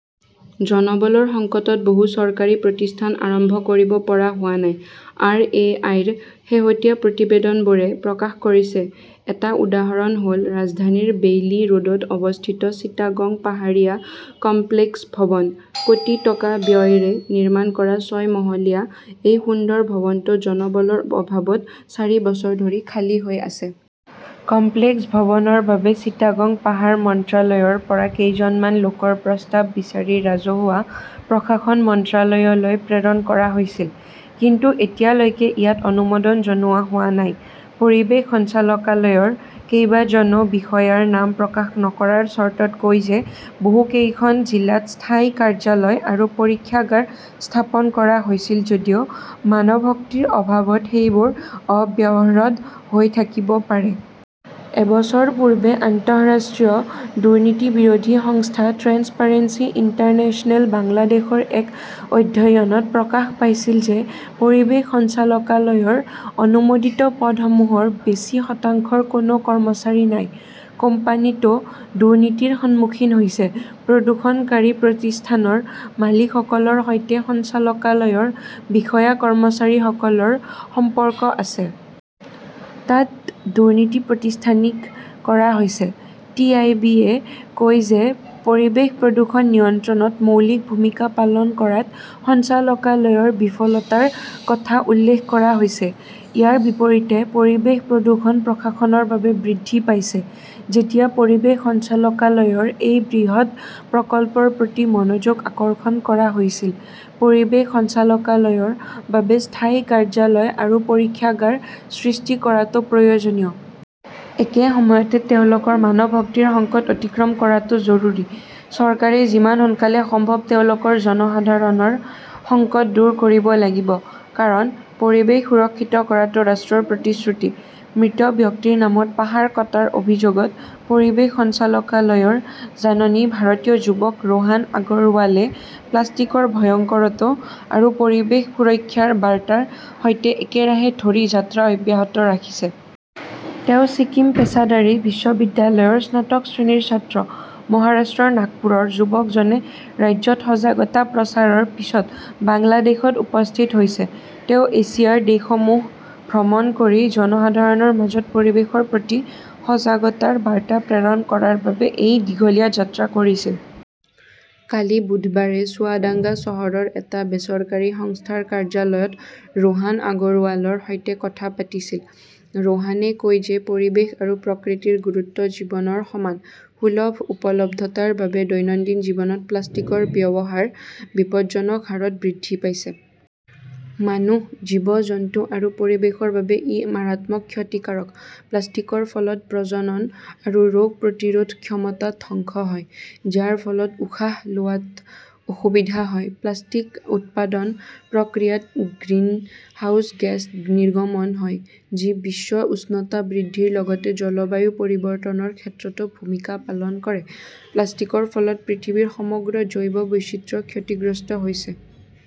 জনবলৰ সংকটত বহু চৰকাৰী প্ৰতিষ্ঠান আৰম্ভ কৰিব পৰা হোৱা নাই, আৰ. এ. আই. -ৰ শেহতীয়া প্ৰতিবেদনবোৰে প্ৰকাশ কৰিছে। এটা উদাহৰণ হ'ল ৰাজধানীৰ বেইলি ৰোডত অৱস্থিত চিটাগং পাহাৰীয়া কমপ্লেক্স ভৱন। কোটি টকা ব্যয়েৰে নিৰ্মাণ কৰা ছয় মহলীয়া এই সুন্দৰ ভৱনটো জনবলৰ অভাৱত চাৰি বছৰ ধৰি খালী হৈ আছে। কমপ্লেক্স ভৱনৰ বাবে চিটাগং পাহাৰ মন্ত্ৰালয়ৰ পৰা কেইজনমান লোকৰ প্ৰস্তাৱ বিচাৰি ৰাজহুৱা প্ৰশাসন মন্ত্ৰালয়লৈ প্ৰেৰণ কৰা হৈছিল। কিন্তু এতিয়ালৈকে ইয়াক অনুমোদন জনোৱা হোৱা নাই। পৰিৱেশ সঞ্চালকালয়ৰ কেইবাজনো বিষয়াৰ নাম প্ৰকাশ নকৰাৰ চৰ্তত কয় যে বহুকেইখন জিলাত স্থায়ী কাৰ্যালয় আৰু পৰীক্ষাগাৰ স্থাপন কৰা হৈছিল যদিও মানৱশক্তিৰ অভাৱত সেইবোৰ অব্যৱহৃত হৈ থাকিব পাৰে। এবছৰ পূৰ্বে আন্তঃৰাষ্ট্ৰীয় দুৰ্নীতি বিৰোধী সংস্থা ট্ৰেন্সপাৰেন্সি ইণ্টাৰনেশ্যনেল বাংলাদেশৰ এক অধ্যয়নত প্ৰকাশ পাইছিল যে পৰিৱেশ সঞ্চালকালয়ৰ অনুমোদিত পদসমূহৰ বেছি শতাংশৰ কোনো কৰ্মচাৰী নাই। কোম্পানীটো দুৰ্নীতিৰ সন্মুখীন হৈছে। প্ৰদূষণকাৰী প্ৰতিষ্ঠানৰ মালিকসকলৰ সৈতে সঞ্চালকালয়ৰ বিষয়া-কৰ্মচাৰীসকলৰ সম্পৰ্ক আছে। তাত দুৰ্নীতি প্ৰতিষ্ঠানিক কৰা হৈছে। টি. আই. বি. -য়ে কয় যে পৰিৱেশ প্ৰদূষণ নিয়ন্ত্ৰণত মৌলিক ভূমিকা পালন কৰাত সঞ্চালকালয়ৰ বিফলতাৰ কথা উল্লেখ কৰা হৈছে। ইয়াৰ বিপৰীতে পৰিৱেশ প্ৰদূষণ প্ৰশাসনৰ বাবেই বৃদ্ধি পাইছে। যেতিয়া পৰিৱেশ সঞ্চালকালয়ৰ এই বৃহৎ প্ৰকল্পৰ প্ৰতি মনোযোগ আকৰ্ষণ কৰা হৈছিল, পৰিৱেশ সঞ্চালকালয়ৰ বাবে স্থায়ী কাৰ্যালয় আৰু পৰীক্ষাগাৰ সৃষ্টি কৰাটো প্ৰয়োজনীয়। একে সময়তে তেওঁলোকৰ মানৱশক্তিৰ সংকট অতিক্ৰম কৰাটো জৰুৰী। চৰকাৰে যিমান সোনকালে সম্ভৱ তেওঁলোকৰ জনসাধাৰণৰ সংকট দূৰ কৰিব লাগিব। কাৰণ, পৰিৱেশ সুৰক্ষিত কৰাটো ৰাষ্ট্ৰৰ প্ৰতিশ্ৰুতি। মৃত ব্যক্তিৰ নামত পাহাৰ কটাৰ অভিযোগত পৰিৱেশ সঞ্চালকালয়ৰ জাননী ভাৰতীয় যুৱক ৰোহান আগৰৱালে প্লাষ্টিকৰ ভয়ংকৰতা আৰু পৰিৱেশ সুৰক্ষাৰ বাৰ্তাৰ সৈতে একেৰাহে ধৰি যাত্ৰা অব্যাহত ৰাখিছে। তেওঁ ছিকিম পেচাদাৰী বিশ্ববিদ্যালয়ৰ স্নাতক শ্ৰেণীৰ ছাত্ৰ। মহাৰাষ্ট্ৰৰ নাগপুৰৰ যুৱকজনে ৰাজ্যত সজাগতা প্ৰচাৰৰ পিছত বাংলাদেশত উপস্থিত হৈছে। তেওঁ এছিয়াৰ দেশসমূহ ভ্ৰমণ কৰি জনসাধাৰণৰ মাজত পৰিৱেশৰ প্ৰতি সজাগতাৰ বাৰ্তা প্ৰেৰণ কৰাৰ বাবে এই দীঘলীয়া যাত্ৰা কৰিছিল। কালি বুধবাৰে চুৱাদাঙ্গা চহৰৰ এটা বেচৰকাৰী সংস্থাৰ কাৰ্যালয়ত ৰোহান আগৰৱালৰ সৈতে কথা পাতিছিল। ৰোহানে কয় যে পৰিৱেশ আৰু প্ৰকৃতিৰ গুৰুত্ব জীৱনৰ সমান। সুলভ উপলব্ধতাৰ বাবে দৈনন্দিন জীৱনত প্লাষ্টিকৰ ব্যৱহাৰ বিপজ্জনক হাৰত বৃদ্ধি পাইছে। মানুহ, জীৱ-জন্তু আৰু পৰিৱেশৰ বাবে ই মাৰাত্মক ক্ষতিকাৰক। প্লাষ্টিকৰ ফলত প্ৰজনন আৰু ৰোগ প্ৰতিৰোধ ক্ষমতা ধ্বংস হয়, যাৰ ফলত উশাহ লোৱাত অসুবিধা হয়। প্লাষ্টিক উৎপাদন প্ৰক্ৰিয়াত গ্ৰিনহাউজ গেছ নিৰ্গমন হয়, যি বিশ্ব উষ্ণতা বৃদ্ধিৰ লগতে জলবায়ু পৰিৱৰ্তনৰ ক্ষেত্ৰতো ভূমিকা পালন কৰে। প্লাষ্টিকৰ ফলত পৃথিৱীৰ সমগ্ৰ জৈৱ বৈচিত্ৰ্য ক্ষতিগ্ৰস্ত হৈছে।